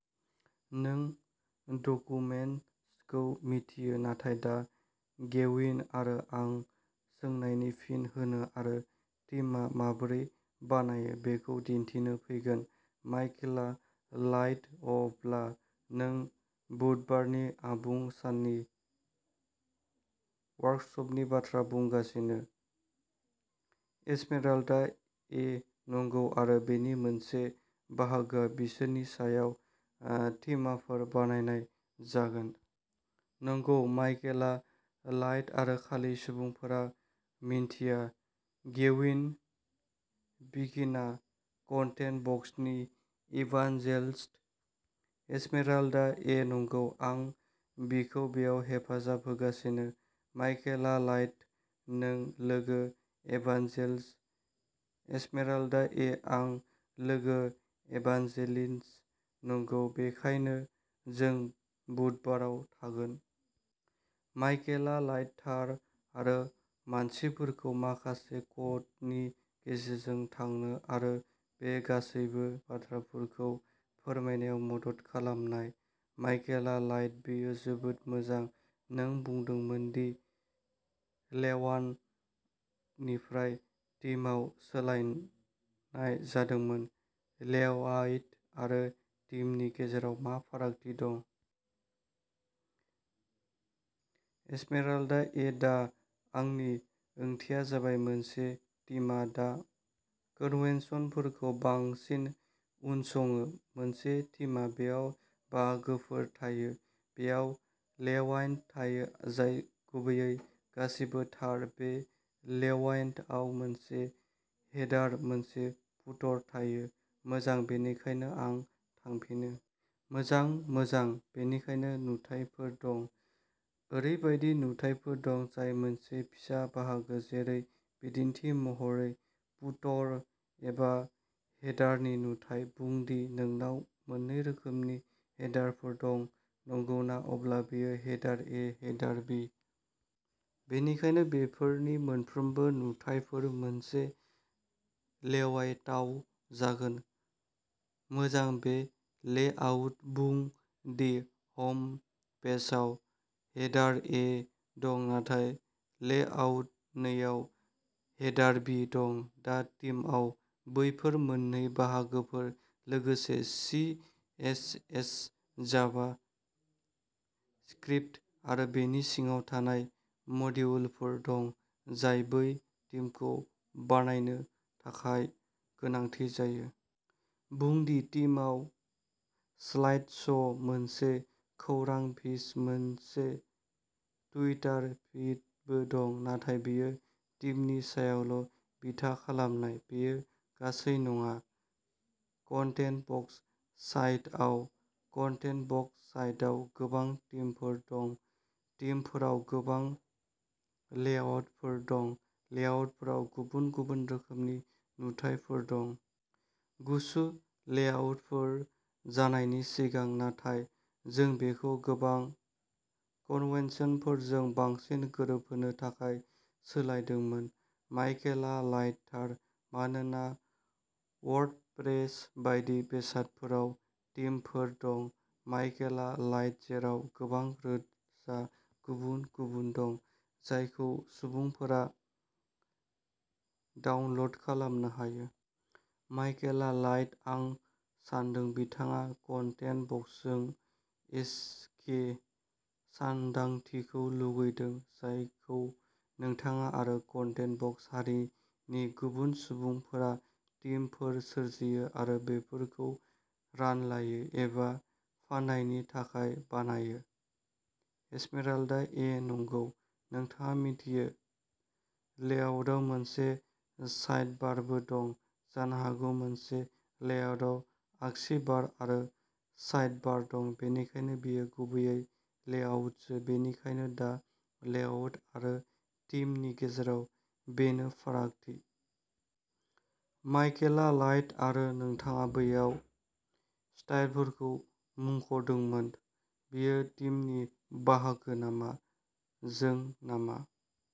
नों डकुमेन्टेसनखौ मिथियो नाथाय दा गेविन आरो आं सोंनायनि फिन होनो आरो थिमा माबोरै बानायो बेखौ दिन्थिनो फैगोन। माइकेला लाइट अब्ला नों बुधबारनि आबुं साननि वर्कसपनि बाथ्रा बुंगासिनो? एस्मेराल्डा ए नंगौ आरो बेनि मोनसे बाहागोआ बिसोरनि सायाव ओ थिमाफोर बानायनाय जागोन। नंगौ। माइकेला लाइट आरो खालि सुबुंफोरा मिन्थिया, गेविन पिकिनआ कन्टेन्ट बक्सनि इभानजेलिस्ट। एस्मेराल्डा ए नंगौ। आं बिखौ बेयाव हेफाजाब होगासिनो। माइकेला लाइट नों लोगो इभानजेलिस्ट। एस्मेराल्डा ए आं लोगो इभानजेलिस्ट, नंगौ। बेनिखायनो जों बुधबाराव थागोन। माइकेला लाइट थार आरो मानसिफोरखौ माखासे क'डनि गेजेरजों थांनो आरो बे गासैबो बाथ्राफोरखौ फोरमायनायाव मदद खालामनाय। माइकेला लाइट बेयो जोबोद मोजां। नों बुंदोंमोन दि लेआउटनिफ्राय थिमाव सोलायनाय जादोंमोन। लेआउट आरो थिमनि गेजेराव मा फारागथि दं? एस्मेराल्डा ए दा आंनि ओंथिया जाबाय मोनसे थिमा दा कन्वेन्शनफोरखौ बांसिन उनसङो। मोनसे थिमा। बेयाव बाहागोफोर थायो, बेयाव लेआउट थायो जाय गुबैयै गासैबो थार बे लेआउटआव मोनसे हेडार, मोनसे फुटर थायो, मोजां, बेनिखायनो आं थांफिनो। मोजां। मोजां, बेनिखायनो नुथायफोर दं। ओरैबायदि नुथायफोर दं जाय मोनसे फिसा बाहागो जेरै बिदिन्थि महरै फुटर एबा हेडारनि नुथाय। बुं दि नोंनाव मोननै रोखोमनि हेडारफोर दं, नंगौना? अब्ला बेयो हेडार ए, हेडार बी। बेनिखायनो बेफोरनि मोनफ्रोमबो नुथायफोर। मोनसे लेआउटाव जागोन, मोजां बे लेआउट, बुं दि हमपेजआव हेडार ए दं नाथाय लेआउट नैआव हेडार बी दं, दा थीमआव बैफोर मोन्नै बाहागोफोर लोगोसे C S S JavaScript आरो बेनि सिङाव थानाय मडिउलफोर दं जाय बै थीमखौ बानायनो थाखाय गोनांथि जायो। बुं दि थीमआव स्लाइड श', मोनसे खौरां फीड, मोनसे टुइटार फीडबो दं, नाथाय बेयो थिमनि सायावल' बिथा खालामनाय। बेयो गासै नङा, कन्टेन्ट बक्स साइटआव। कन्टेन्ट बक्स साइटआव गोबां थीमफोर दं, थीमफोराव गोबां लेआउटफोर दं, लेआउटफोराव गुबुन-गुबुन रोखोमनि नुथायफोर दं। गुसु लेआउटफोर जानायनि सिगां नाथाय जों बेखौ गोबां कन्वेन्शनफोरजों बांसिन गोरोबहोनो थाखाय सोलायदोंमोन। माइकेला लाइट थार। मानोना वर्ड प्रेस बायदि बेसादफोराव थीमफोर दं। माइकेला लाइट जेराव गोबां रोजा गुबुन-गुबुन दं जायखौ सुबुंफोरा डाउनल'ड खालामनो हायो। माइकेला लाइट आं सान्दों नोंथाङा कन्टेन्ट बक्सजों एखे सानदांथिखौ लुबैदों जायखौ नोंथाङा आरो कन्टेन्ट बक्स हारिनि गुबुन सुबुंफोरा थीमफोर सोरजियो आरो बेफोरखौ रानलायो एबा फाननायनि थाखाय बानायो। एस्मेराल्डा ए नंगौ। नोंथाङा मिथियो, लेआउटआव मोनसे साइडबारबो दं, जानो हागौ मोनसे लेआउटआव आगसि बार आरो साइड बार दं, बेनिखायनो बेनो गुबैयै लेआउटसो, बेनिखायनो दा लेआउट आरो थीमनि गेजेराव बेनो फारागथि। माइकेला लाइट आरो नोंथाङा बैयाव स्टाइलफोरखौ मुंख'दोंमोन। बेयो थीमनि बाहागो नामा? जों नामा?